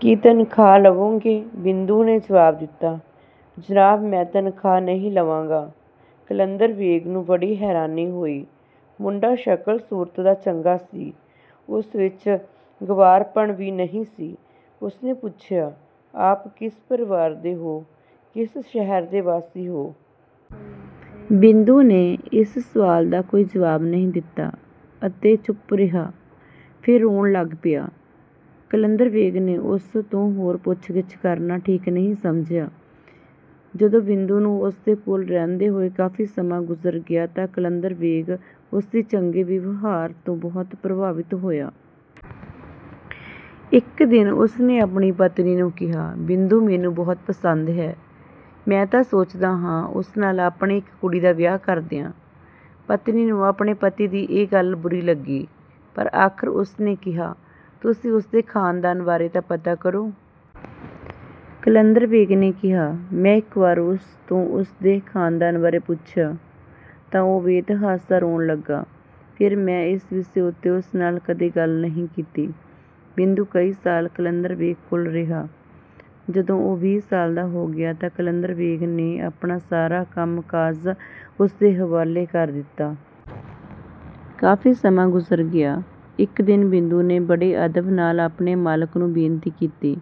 ਕੀ ਤਨਖਾਹ ਲਵੋਗੇ? ਬਿੰਦੂ ਨੇ ਜਵਾਬ ਦਿੱਤਾ, ਜਨਾਬ ਮੈਂ ਤਨਖਾਹ ਨਹੀਂ ਲਵਾਂਗਾ। ਕਲੰਦਰ ਬੇਗ ਨੂੰ ਬੜੀ ਹੈਰਾਨੀ ਹੋਈ। ਮੁੰਡਾ ਸ਼ਕਲ-ਸੂਰਤ ਦਾ ਚੰਗਾ ਸੀ, ਉਸ ਵਿੱਚ ਗੰਵਾਰਪਣ ਵੀ ਨਹੀਂ ਸੀ। ਉਸਨੇ ਪੁੱਛਿਆ, ਆਪ ਕਿਸ ਪਰਿਵਾਰ ਦੇ ਹੋ, ਕਿਸ ਸ਼ਹਿਰ ਦੇ ਵਾਸੀ ਹੋ? ਬਿੰਦੂ ਨੇ ਇਸ ਸਵਾਲ ਦਾ ਕੋਈ ਜਵਾਬ ਨਹੀਂ ਦਿੱਤਾ ਅਤੇ ਚੁੱਪ ਰਿਹਾ ਫਿਰ ਰੋਣ ਲੱਗ ਪਿਆ। ਕਲੰਦਰ ਬੇਗ ਨੇ ਉਸ ਤੋਂ ਹੋਰ ਪੁੱਛ-ਗਿੱਛ ਕਰਨਾ ਠੀਕ ਨਹੀਂ ਸਮਝਿਆ। ਜਦੋਂ ਬਿੰਦੂ ਨੂੰ ਉਸਦੇ ਕੋਲ ਰਹਿੰਦੇ ਹੋਏ ਕਾਫੀ ਸਮਾਂ ਗੁੁਜ਼ਰ ਗਿਆ ਤਾਂ ਕਲੰਦਰ ਬੇਗ ਉਸਦੀ ਚੰਗੇ ਵਿਵਹਾਰ ਤੋਂ ਬਹੁਤ ਪ੍ਰਭਾਵਿਤ ਹੋਇਆ। ਇੱਕ ਦਿਨ ਉਸਨੇ ਆਪਣੀ ਪਤਨੀ ਨੂੰ ਕਿਹਾ, ਬਿੰਦੂ ਮੈਨੂੰ ਬਹੁਤ ਪਸੰਦ ਹੈ। ਮੈਂ ਤਾਂ ਸੋਚਦਾ ਹਾਂ ਉਸ ਨਾਲ ਆਪਣੀ ਇੱਕ ਕੁੜੀ ਦਾ ਵਿਆਹ ਕਰ ਦਿਆਂ। ਪਤਨੀ ਨੂੰ ਆਪਣੇ ਪਤੀ ਦੀ ਇਹ ਗੱਲ ਬੁਰੀ ਲੱਗੀ ਪਰ ਆਖਰ ਉਸਨੇ ਕਿਹਾ, ਤੁਸੀਂ ਉਸਦੇ ਖਾਨਦਾਨ ਬਾਰੇ ਤਾਂ ਪਤਾ ਕਰੋ। ਕਲੰਦਰ ਬੇਗ ਨੇ ਕਿਹਾ, ਮੈਂ ਇੱਕ ਵਾਰ ਉਸ ਤੋਂ ਉਸਦੇ ਖਾਨਦਾਨ ਬਾਰੇ ਪੁੱਛਿਆ ਤਾਂ ਉਹ ਬੇਤਹਾਸ਼ਾ ਰੋਣ ਲੱਗਾ। ਫਿਰ ਮੈਂ ਇਸ ਵਿਸ਼ੇ ਉੱਤੇ ਉਸ ਨਾਲ ਕਦੇ ਗੱਲ ਨਹੀਂ ਕੀਤੀ। ਬਿੰਦੂ ਕਈ ਸਾਲ ਕਲੰਦਰ ਬੇਗ ਕੋਲ ਰਿਹਾ, ਜਦੋਂ ਉਹ ਵੀਹ ਸਾਲ ਦਾ ਹੋ ਗਿਆ ਤਾਂ ਕਲੰਦਰ ਬੇਗ ਨੇ ਆਪਣਾ ਸਾਰਾ ਕੰਮ-ਕਾਜ ਉਸਦੇ ਹਵਾਲੇ ਕਰ ਦਿੱਤਾ। ਕਾਫੀ ਸਮਾਂ ਗੁਜ਼ਰ ਗਿਆ। ਇੱਕ ਦਿਨ ਬਿੰਦੂ ਨੇ ਬੜੇ ਅਦਬ ਨਾਲ ਆਪਣੇ ਮਾਲਕ ਨੂੰ ਬੇਨਤੀ ਕੀਤੀ,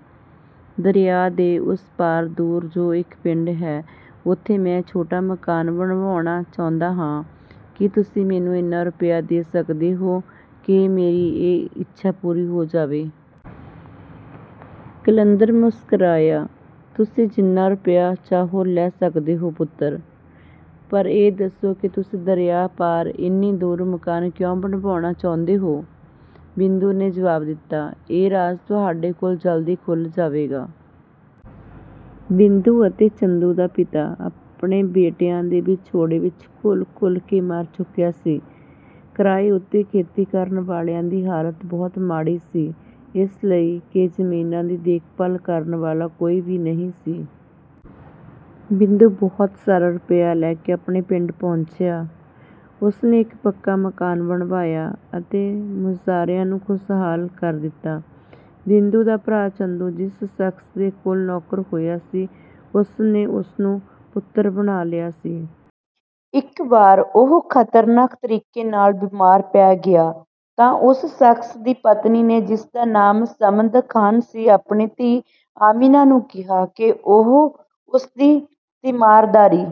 ਦਰਿਆ ਦੇ ਉਸ ਪਾਰ ਦੂਰ ਜੋ ਇੱਕ ਪਿੰਡ ਹੈ, ਉੱਥੇ ਮੈਂ ਛੋਟਾ ਮਕਾਨ ਬਣਵਾਉਣਾ ਚਾਹੁੰਦਾ ਹਾਂ। ਕੀ ਤੁਸੀਂ ਮੈਨੂੰ ਇੰਨਾ ਰੁਪਿਆ ਦੇ ਸਕਦੇ ਹੋ ਕਿ ਮੇਰੀ ਇਹ ਇੱਛਾ ਪੂਰੀ ਹੋ ਜਾਵੇ। ਕਲੰਦਰ ਮੁਸਕਰਾਇਆ, ਤੁਸੀਂ ਜਿੰਨਾ ਰੁਪਿਆ ਚਾਹੋ ਲੈ ਸਕਦੇ ਹੋ ਪੁੱਤਰ, ਪਰ ਇਹ ਦੱਸੋ ਕਿ ਤੁਸੀਂ ਦਰਿਆ ਪਾਰ ਇੰਨੀ ਦੂਰ ਮਕਾਨ ਕਿਉਂ ਬਣਵਾਉਣਾ ਚਾਹੁੰਦੇ ਹੋ। ਬਿੰਦੂ ਨੇ ਜਵਾਬ ਦਿੱਤਾ, ਇਹ ਰਾਜ਼ ਤੁਹਾਡੇ ਕੋਲ ਜਲਦੀ ਖੁੱਲ੍ਹ ਜਾਵੇਗਾ। ਬਿੰਦੂ ਅਤੇ ਚੰਦੂ ਦਾ ਪਿਤਾ ਆਪਣੇ ਬੇਟਿਆਂ ਦੇ ਵਿਛੋੜੇ ਵਿੱਚ ਘੁਲ-ਘੁਲ ਕੇ ਮਰ ਚੁੱਕਿਆ ਸੀ। ਕਿਰਾਏ ਉੱਤੇ ਖੇਤੀ ਕਰਨ ਵਾਲਿਆਂ ਦੀ ਹਾਲਤ ਬਹੁਤ ਮਾੜੀ ਸੀ ਇਸ ਲਈ ਕਿ ਜ਼ਮੀਨਾਂ ਦੀ ਦੇਖ-ਭਾਲ ਕਰਨ ਵਾਲਾ ਕੋਈ ਵੀ ਨਹੀਂ ਸੀ। ਬਿੰਦੂ ਬਹੁਤ ਸਾਰਾ ਰੁਪਿਆ ਲੈ ਕੇ ਆਪਣੇ ਪਿੰਡ ਪਹੁੰਚਿਆ। ਉਸਨੇ ਇੱਕ ਪੱਕਾ ਮਕਾਨ ਬਣਵਾਇਆ ਅਤੇ ਮੁਜਾਰਿਆਂ ਨੂੰ ਖੁਸ਼ਹਾਲ ਕਰ ਦਿੱਤਾ। ਬਿੰਦੂ ਦਾ ਭਰਾ ਚੰਦੂ ਜਿਸ ਸ਼ਖਸ ਦੇ ਕੋਲ ਨੌਕਰ ਹੋਇਆ ਸੀ ਉਸਨੇ ਉਸਨੂੰ ਪੁੱਤਰ ਬਣਾ ਲਿਆ ਸੀ। ਇੱਕ ਵਾਰ ਉਹ ਖਤਰਨਾਕ ਤਰੀਕੇ ਨਾਲ ਬੀਮਾਰ ਪੈ ਗਿਆ ਤਾਂ ਉਸ ਸ਼ਖਸ ਦੀ ਪਤਨੀ ਨੇ ਜਿਸਦਾ ਨਾਮ ਸਮਦ ਖਾਨ ਸੀ, ਆਪਣੀ ਧੀ ਆਮਿਨਾ ਨੂੰ ਕਿਹਾ ਕਿ ਉਹ ਉਸਦੀ ਤਿਮਾਰਦਾਰੀ